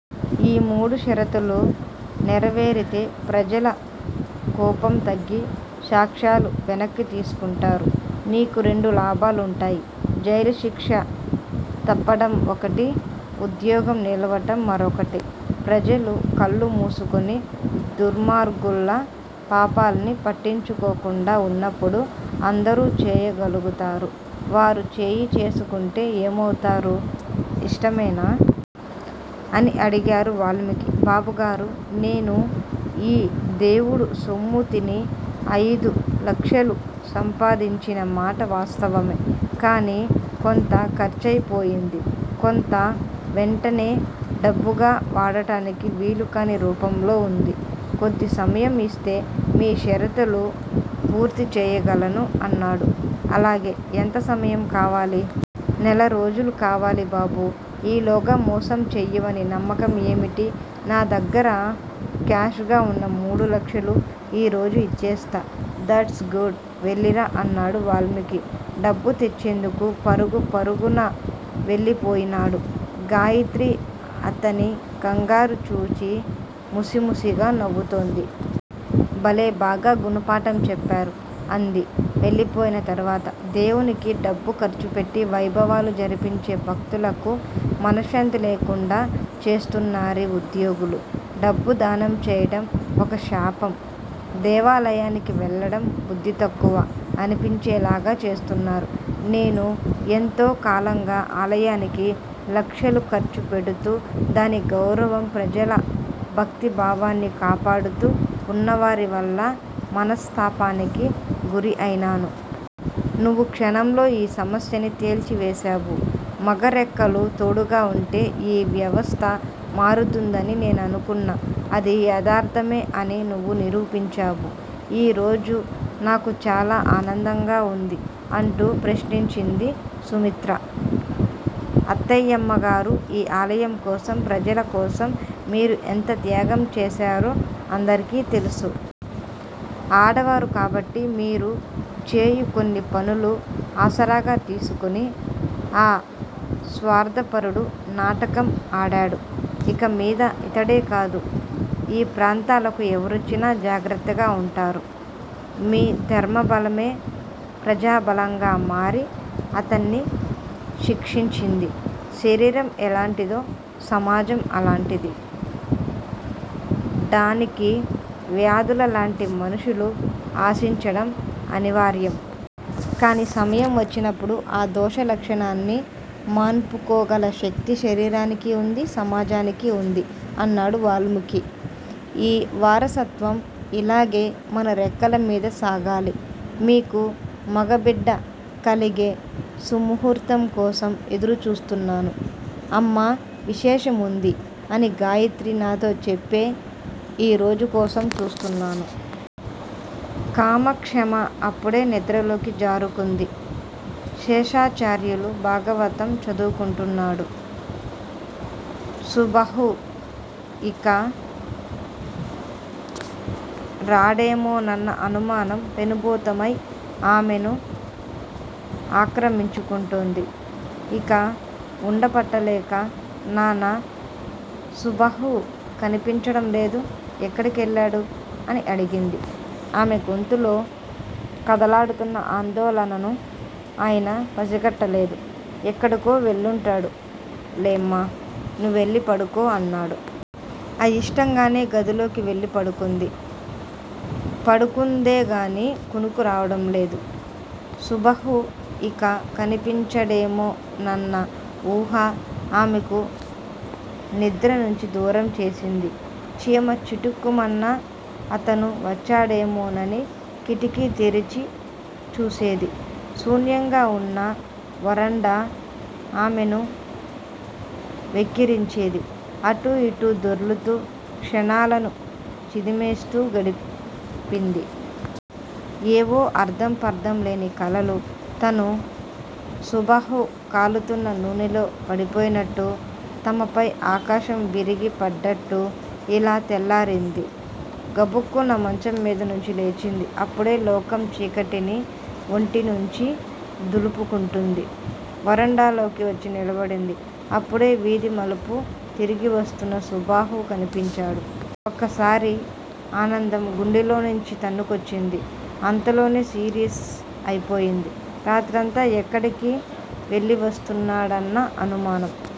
ఈ మూడు షరతులు నెరవేరితే ప్రజల కోపం తగ్గి సాక్ష్యాలు వెనక్కి తీసుకుంటారు. నీకు రెండు లాభాలుంటాయి. జైలుశిక్ష తప్పటం ఒకటి. ఉద్యోగం నిలవటం మరొకటి! ప్రజలు కళ్ళు మూసుకుని దుర్మార్గుల పాపాల్ని పట్టించుకోకుండా ఉన్నప్పుడు అందరూ చేయగలుగుతారు. వారు చేయి చేసుకుంటే ఏమవుతారు. ఇష్టమేనా? అని అడిగాడు వాల్మీకి. బాబుగారూ! నేను ఈ దేవుడి సొమ్ముతిని అయిదు లక్షలు సంపాదించిన మాట వాస్తవమే! కాని కొంత ఖర్చయిపోయింది. కొంత వెంటనే డబ్బుగా వాడటానికి వీలుకాని రూపంలో ఉంది. కొద్ది సమయం ఇస్తే మీ షరతులు పూర్తి చేయగలను అన్నాడు. అలాగే ఎంత సమయం కావాలి! నెలరోజులు కావాలి బాబూ! ఈలోగా మోసం చేయవని నమ్మకం ఏమిటి? నా దగ్గర కాష్ గా ఉన్న మూడు లక్షలు ఈరోజు ఇచ్చేస్తా! దట్స్ గుడ్ వెళ్ళిరా అన్నాడు వాల్మీకి. డబ్బు తెచ్చేందుకు పరుగు పరుగున వెళ్ళిపోయినాడు. గాయత్రి అతని కంగారు చూచి ముసిముసిగా నవ్వుతోంది. భలే బాగా గుణపాఠం చెప్పారు అంది వెళ్ళిపోయిన తరువాత! దేవునికి డబ్బు ఖర్చుపెట్టి వైభవాలు జరిపించే భక్తులకు మనశ్శాంతి లేకుండా చేస్తున్నారీ ఉద్యోగులు. డబ్బు దానం చేయటం ఒక శాపం దేవాలయానికి వెళ్ళటం బుద్ధి తక్కువ అనిపించేలాగా చేస్తున్నారు! నేను ఎంతో కాలంగా ఆలయానికి లక్షలు ఖర్చు పెడుతూ దాని గౌరవం ప్రజలభక్తి భావాన్ని కాపాడుతూ ఉన్నవారి వల్ల మనస్తాపానికి గురి అయినాను. నువ్వు క్షణంలో ఈ సమస్యని తేల్చి వేశావు. మగ రెక్కలు తోడుగా ఉంటే ఈ వ్యవస్థ మారుతుందని నేను అనుకున్నా అది యదార్ధమే అని నువ్వు నిరూపించావు. ఈ రోజు నాకు చాల ఆనందంగా ఉంది అంటూ ప్రశంసించింది సుమిత్ర. అత్తాయమ్మగారూ! ఈ ఆలయం కోసం ఈ ప్రజల కోసం మీరు ఎంత త్యాగం చేశారో అందరికి తెలుసు! ఆడవారు కాబట్టి మీరు చేయు కొన్ని పనులు ఆసరాగా తీసుకుని అ స్వార్ధపరుడు నాటకం ఆడాడు! ఇకమీద ఇతడేకాదు. ఈ ప్రాంతాలకు ఎవరొచ్చినా జాగ్రత్తగా ఉంటారు. మీ ధర్మబలమే ప్రజాబలంగా మారి అతన్ని శిక్షించింది. శరీరం ఎలాంటిదో సమాజం అలాంటిది. డానికి వ్యాధుల్లాంటి మనుషులు ఆశించటం అనివార్యం! కాని సమయం వచ్చినప్పుడు ఆ దోష లక్షణాన్ని మాన్పుకోగల శక్తి శరీరానికీ ఉంది. సమాజానికీ ఉంది! అన్నాడు వాల్మీకి. ఈ వారసత్వం ఇలాగే మగ రెక్కలమీద సాగాలి! మీకు మగబిడ్డకలిగే సుముహూర్తం కోసం ఎదురు చూస్తున్నాను. అమ్మా విశేషం ఉంది అని గాయత్రి నాతో చెప్పే ఈరోజు కోసం చూస్తున్నాను. కామాక్షమ్మ అప్పుడే నిద్రలోకి జారుకుంది. శేషాచార్యులు భాగవతం చదువుకుంటున్నాడు. సుబాహు ఇక రాడేమోనన్న అనుమానం పెనుభూతమై ఆమెను ఆక్రమించుకుంటోంది. ఇక వుండబట్టలేక నాన్నా! సుబాహు కనిపించడం లేదు. ఎక్కడికెళ్ళాడు? అని అడిగింది. ఆమె గొంతులో కదలాడుతున్న ఆందోళనను ఆయన పసిగట్టలేదు. ఎక్కడికో వెళ్ళుంటాడు లేమ్మా. నువ్వెళ్ళి పడుకో అన్నాడు. అయిష్టంగానే గదిలోకి వెళ్ళిపడుకుంది. పడుకుందేగాని కునుకు రావడం లేదు. సుబాహు ఇక కనిపించడేమో నన్న ఊహ ఆమెకు నిద్ర నుంచి దూరం చేసింది. చీమ చిటుక్కుమన్నా అతను వచ్చేడేమోనని కిటికీ తెరిచి చూసేది. శూన్యంగా వున్న వరండా ఆమెను వెక్కిరించేది. అటూ, ఇటూ దొర్లుతూ క్షణాలను చిదిమేస్తూ గడిపింది. ఏవో అర్థం పర్థం లేని కలలు- తనూ, సుబాహు కాలుతున్న నూనెలో పడిపోయినట్టు- తమపై ఆకాశం విరిగిపడ్డట్టూ- ఇలా తెల్లారింది. గబుక్కున మంచం మీద నుంచి లేచింది. అప్పుడే లోకం చీకటిని ఒంటి నుంచి దులుపుకుంటోంది. వరండాలోకి వచ్చి నిలబడింది. అప్పుడే వీధి మలుపు తిరిగి వస్తున్న సుబాహు కనిపించాడు. ఒక్కసారి ఆనందం గుండెలోంచి తన్నుకొచ్చింది. అంతలోనే సీరియస్ అయిపోయింది. రాత్రంతా ఎక్కడికి వెళ్ళివస్తున్నాడన్న అనుమానం